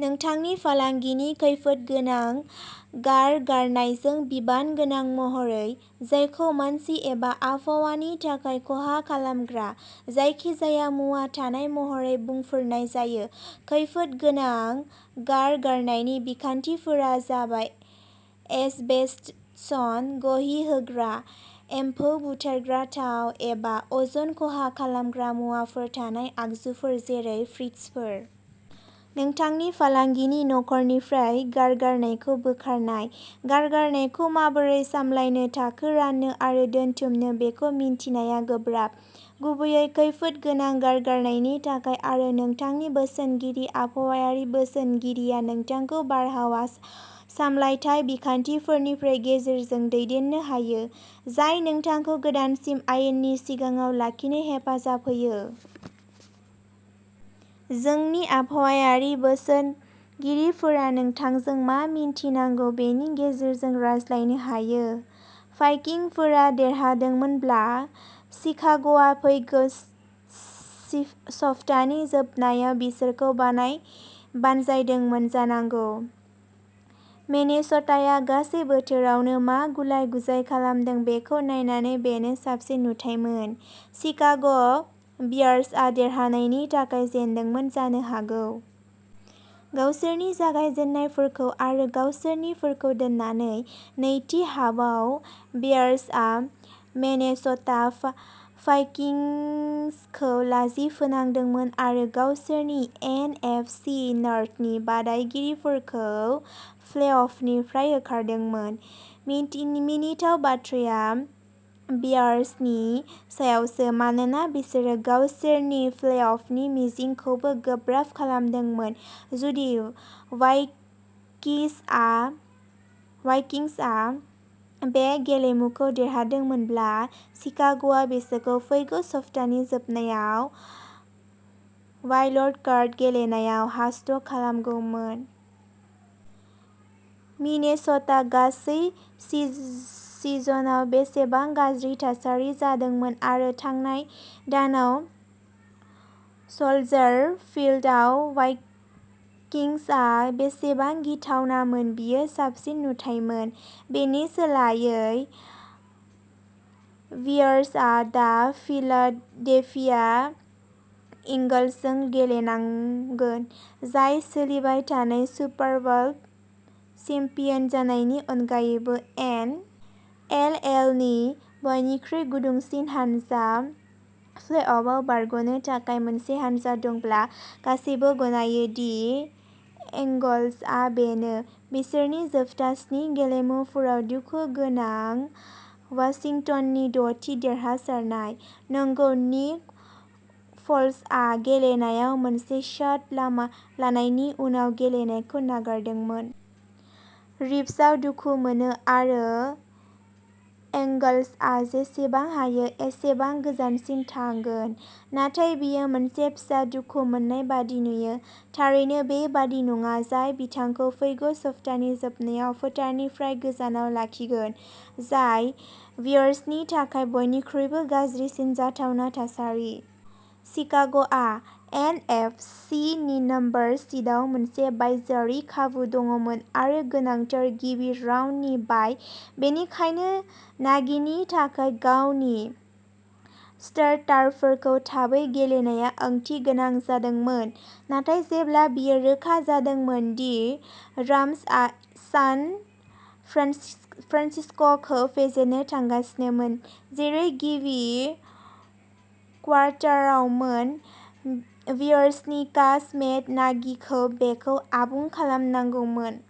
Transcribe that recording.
नोंथांनि फालांगिनि खैफोदगोनां गारगारनायजों बिबानगोनां महरै, जायखौ मानसि एबा आबहावानि थाखाय खहा खालामग्रा जायखिजाया मुवा थानाय महरै बुंफोरनाय जायो। खैफोदगोनां गारगारनायनि बिदिन्थिफोरा जाबाय एस्बेस्टस, गलिहोग्रा, एम्फौ बुथारग्रा, थाव, एबा अज'न-खहा खालामग्रा मुवाफोर थानाय आगजुफोर, जेरै फ्रिजफोर। नोंथांनि फालांगिनि न'खरनिफ्राय गारगारनायखौ बोखारनाय। गारगारनायखौ माबोरै सामलायनो, थाखो राननो आरो दोनथुमनो बेखौ मिथिनाया गोब्राब, गुबैयै खैफोदगोनां गारगारनायनि थाखाय, आरो नोंथांनि बोसोनगिरि आबहावायारि बोसोनगिरिया नोंथांखौ बारहावा सामलायथाय बिखान्थिफोरनि गेजेरजों दैदेननो हायो, जाय नोंथांखौ गोदानसिन आयेननि सिगाङाव लाखिनो हेफाजाब होयो। जोंनि आबहावायारि बोसोनगिरिफोरा नोंथांजों मा मिथिनांगौ बेनि गेजेरजों रायज्लायनो हायो। भाइकिंफोरा देरहादोंमोनब्ला, शिकाग'आ फैगौ सप्तानि जोबनायाव बिसोरखौ बानजायदोंमोन जानांगौ। मिनेस'टाया गासै बोथोरावनो मा गुलाय-गुजाय खालामदों, बेखौ नायनानै, बेनो साबसिन नुथायमोन। शिकाग'बियार्सआ देरहानायनि थाखाय जेनदोंमोन जानो हागौ। गावसोरनि जागायजेन्नायफोरखौ आरो गावसोरनिफोरखौ दोननानै। नैथि हाफआव, बियार्सआ मिनेस'टा भाइकिंसखौ लाजि फोनांदोंमोन आरो गावसोरनि एन. एफ. सि. नर्थनि बादायगिरिफोरखौ प्लेअफनिफ्राय होखारदोंमोन। मिनिथाव बाथ्राया बियार्सनि सायावसो, मानोना बिसोरो गावसोरनि प्लेअफनि मिजिंखौबो गोब्राब खालामदोंमोन। जुदि वाइकिंसआ बे गेलेमुखौ देरहादोंमोनब्ला, शिकाग'आ बिसोरखौ फैगौ सप्तानि जोबनायाव वाइल्ड-कार्ड गेलेनायाव ह'स्ट खालामगौमोन। मिनेस'टा गासै सिजनआव बेसेबां गाज्रि थासारि जादोंमोन, आरो थांनाय दानाव स'ल्जार फील्डआव वाइकिंसआ बेसेबां गिथावनामोन, बेयो साबसिन नुथायमोन। बेनि सोलायै, बियार्सआ दा फिलाडेल्फिया ईगल्सजों गेलेनांगोन, जाय, सोलिबाय थानाय सुपार बाउल चेम्पियन जानायनि अनगायैबो, एन. एफ. एल. नि बयनिख्रुइ गुदुंसिन हानजा। प्लेअफआव बारग'नो थाखाय मोनसे हानजा दंब्ला, गासैबो गनायो दि ईगल्सआ बेनो, बिसोरनि जोबथा स्नि गेलेमुफोराव दुखुगोनां वाशिंटननि द'थि देरहासारनाय। नंगौ, निक फ'ल्सआ गेलेनायाव मोनसे शट लानायनि उनाव गेलेनायखौ नागारदोंमोन। रिब्सआव दुखु मोनो, आरो ईगल्सआ जेसेबां हायो एसेबां गोजानसिम थांगोन। नाथाय बेयो मोनसे फिसा दुखु मोननाय बायदि नुयो, थारैनो बेबादि नङा जाय बिथांखौ फैगौ सप्तानि जोबनायाव फोथारनिफ्राय गोजानाव लाखिगोन। जाय बियार्सनि थाखाय बयनिख्रुइबो गाज्रिसिन जाथावना थासारि। शिकाग'आ एन. एफ. सि. नि नम्बर सीडआव मोनसे बायजोआरि खाबु दंमोन-आरो गोनांथार गिबि राउन्डनि बाइ-बेनिखायनो नागिनि थाखाय गावनि स्टार्टारफोरखौ थाबै गेलेनाया ओंथिगोनां जादोंमोन। नाथाय जेब्ला बेयो रोखा जादोंमोन दि राम्सआ सान फ्रान्सिस्क'खौ फेजेननो थांगासिनोमोन, जेरै गिबि क्वार्टारावमोन, बियार्सनि कच मेट नागिखौ बेखौ आबुं खालामनांगौमोन।